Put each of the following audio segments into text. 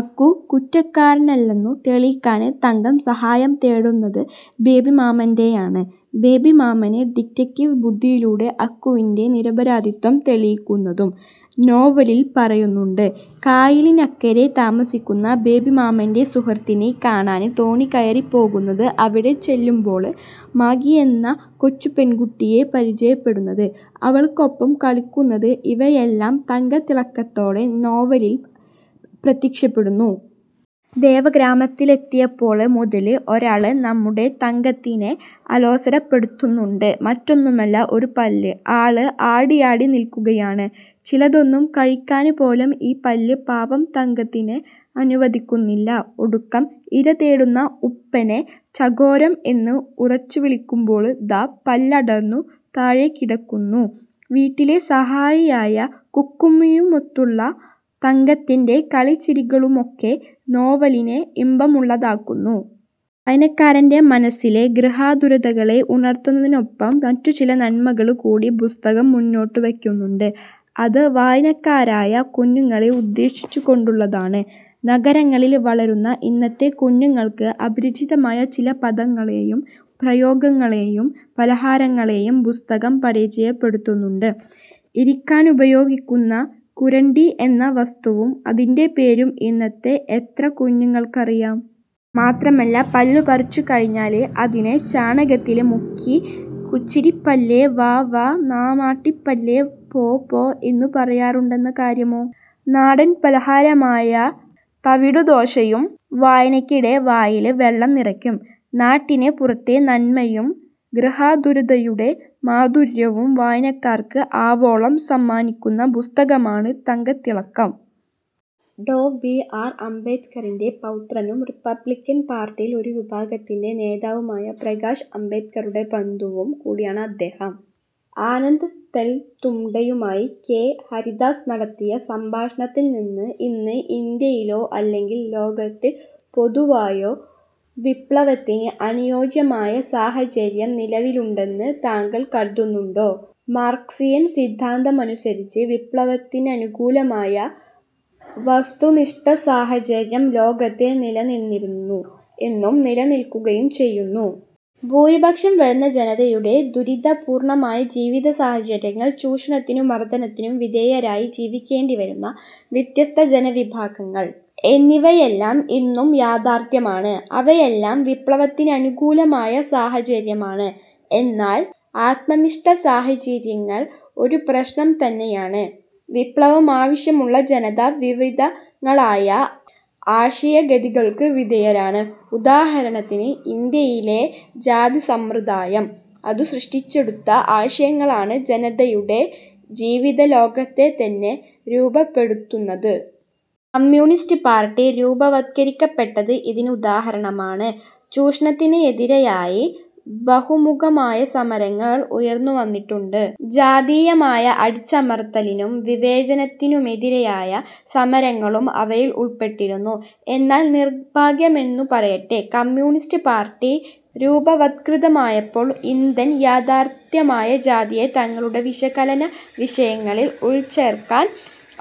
അക്കു കുറ്റക്കാരനല്ലെന്നു തെളിയിക്കാന് തങ്കം സഹായം തേടുന്നത ബേബിമാമന്റെയാണ്. ബേബിമാമന് ഡിറ്റക്ടീവ് ബുദ്ധിയിലൂടെ അക്കുവിന്റെ നിരപരാധിത്വം തെളിയിക്കുന്നതും നോവലില് പറയുന്നുണ്ട്. കായലിനക്കരെ താമസിക്കുന്ന ബേബിമാമന്റെ സുഹൃത്തിനെ കാണാന് തോണി കയറിപ്പോകുന്നത്, അവിടെ ചെല്ലുമ്പോള് മാഗി എന്ന കൊച്ചുപെണ്കുട്ടിയെ പരിചയപ്പെടുന്നത് അവള്ക്കൊപ്പം കളിക്കുന്നത് ഇവയെല്ലാം 'തങ്കത്തിളക്കത്തോടെ' നോവലില് പ്രത്യക്ഷപ്പെടുന്നു. ദേവഗ്രാമത്തിലെത്തിയപ്പോള് മുതല് ഒരാള് നമ്മുടെ തങ്കത്തിനെ അലോസരപ്പെടുത്തുന്നുണ്ട്. മറ്റൊന്നുമല്ല ഒരു പല്ല്. ആള് ആടിയാടി നില്ക്കുകയാണ്. ചിലതൊന്നും കഴിക്കാന് പോലും ഈ പല്ല് പാവം തങ്കത്തിനെ അനുവദിക്കുന്നില്ല. ഒടുക്കം ഇര തേടുന്ന ഉപ്പനെ ചകോരം എന്ന് ഉറച്ചു വിളിക്കുമ്പോള് ദാ പല്ലടര്ന്നു താഴെക്കിടക്കുന്നു. വീട്ടിലെ സഹായിയായ കുക്കുമ്മിയുമൊത്തുള്ള തങ്കത്തിന്റെ കളിചിരികളുമൊക്കെ നോവലിനെ ഇമ്പമുള്ളതാക്കുന്നു. വായനക്കാരന്റെ മനസ്സിലെ ഗൃഹാതുരതകളെ ഉണര്ത്തുന്നതിനൊപ്പം മറ്റുചില നന്മകള് കൂടി പുസ്തകം മുന്നോട്ടു വയ്ക്കുന്നുണ്ട്. അത് വായനക്കാരായ കുഞ്ഞുങ്ങളെ ഉദ്ദേശിച്ചു കൊണ്ടുള്ളതാണ്. നഗരങ്ങളില് വളരുന്ന ഇന്നത്തെ കുഞ്ഞുങ്ങള്ക്ക് അപരിചിതമായ ചില പദങ്ങളെയും പ്രയോഗങ്ങളെയും പലഹാരങ്ങളെയും പുസ്തകം പരിചയപ്പെടുത്തുന്നുണ്ട്. ഇരിക്കാനുപയോഗിക്കുന്ന കുരണ്ടി എന്ന വസ്തുവും അതിന്റെ പേരും ഇന്നത്തെ എത്ര കുഞ്ഞുങ്ങള്ക്കറിയാം. മാത്രമല്ല പല്ലു പറിച്ചു കഴിഞ്ഞാല് അതിനെ ചാണകത്തില് മുക്കി കുച്ചരിപ്പല്ലേ വാ വാ നമ്മാട്ടിപ്പല്ലേ പോ പോ എന്നു പറയാറുണ്ടെന്ന കാര്യമോ. നാടന് പലഹാരമായ തവിടുദോശയും വായനയ്ക്കിടെ വായില് വെള്ളം നിറയ്ക്കും. നാട്ടിന് പുറത്തെ നന്മയും ഗൃഹാതുരതയുടെ മാധുര്യവും വായനക്കാര്ക്ക് ആവോളം സമ്മാനിക്കുന്ന പുസ്തകമാണ് 'തങ്കത്തിളക്കം'. ഡോ. ബി. ആർ. അംബേദ്കറിന്റെ പൗത്രനും റിപ്പബ്ളിക്കൻ പാർട്ടിയിൽ ഒരു വിഭാഗത്തിന്റെ നേതാവുമായ പ്രകാശ് അംബേദ്കറുടെ ബന്ധുവും കൂടിയാണ് അദ്ദേഹം. ആനന്ദ് തെൽതുംഡെയുമായി കെ. ഹരിദാസ് നടത്തിയ സംഭാഷണത്തിൽനിന്ന്:ഇന്ന് ഇന്ത്യയിലോ അല്ലെങ്കിൽ ലോകത്തിൽ പൊതുവായോ വിപ്ളവത്തിന് അനുയോജ്യമായ സാഹചര്യം നിലവിലുണ്ടെന്ന് താങ്കൾ കരുതുന്നുണ്ടോ മാർക്സിയൻ സിദ്ധാന്തമനുസരിച്ച് വിപ്ളവത്തിനനുകൂലമായ വസ്തുനിഷ്ഠസാഹചര്യം ലോകത്തിൽ നിലനിന്നിരുന്നു, എന്നും നിലനിൽക്കുകയും ചെയ്യുന്നു. ഭൂരിപക്ഷം വരുന്ന ജനതയുടെ ദുരിതപൂർണമായ ജീവിതസാഹചര്യങ്ങൾ, ചൂഷണത്തിനും മർദനത്തിനും വിധേയരായി ജീവിക്കേണ്ടിവരുന്ന വ്യത്യസ്ത ജനവിഭാഗങ്ങൾ എന്നിവയെല്ലാം ഇന്നും യാഥാർഥ്യമാണ്. അവയെല്ലാം വിപ്ളവത്തിനനുകൂലമായ സാഹചര്യമാണ്. എന്നാൽ, ആത്മനിഷ്ഠസാഹചര്യങ്ങൾ ഒരു പ്രശ്നം തന്നെയാണ്. വിപ്ളവമാവശ്യമുള്ള ജനത വിവിധങ്ങളായ ആശയഗതികൾക്ക് വിധേയരാണ്. ഉദാഹരണത്തിന് ഇന്ത്യയിലെ ജാതിസമ്പ്രദായം. അതു സൃഷ്ടിച്ചെടുത്ത ആശയങ്ങളാണ് ജനതയുടെ ജീവിതലോകത്തെതന്നെ രൂപപ്പെടുത്തുന്നത്. കമ്യൂണിസ്റ്റ് പാർട്ടി രൂപവത്കരിക്കപ്പെട്ടത് ഇതിന് ഉദാഹരണമാണ്. ചൂഷണത്തിനെതിരായി ബഹുമുഖമായ സമരങ്ങൾ ഉയർന്നുവന്നിട്ടുണ്ട്. ജാതീയമായ അടിച്ചമർത്തലിനും വിവേചനത്തിനുമെതിരായ സമരങ്ങളും അവയിൽ ഉൾപ്പെട്ടിരുന്നു. എന്നാൽ, നിർഭാഗ്യമെന്നു പറയട്ടെ കമ്യൂണിസ്റ്റ് പാർട്ടി രൂപവത്കൃതമായപ്പോൾ ഇന്ത്യൻ യാഥാർഥ്യമായ ജാതിയെ തങ്ങളുടെ വിശകലനവിഷയങ്ങളിൽ ഉൾച്ചേർക്കാൻ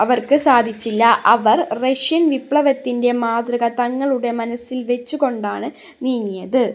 അവർക്ക് സാധിച്ചില്ല. അവർ റഷ്യൻ വിപ്ളവത്തിന്റെ മാതൃക തങ്ങളുടെ മനസ്സിൽവെച്ചുകൊണ്ടാണ് നീങ്ങിയത്.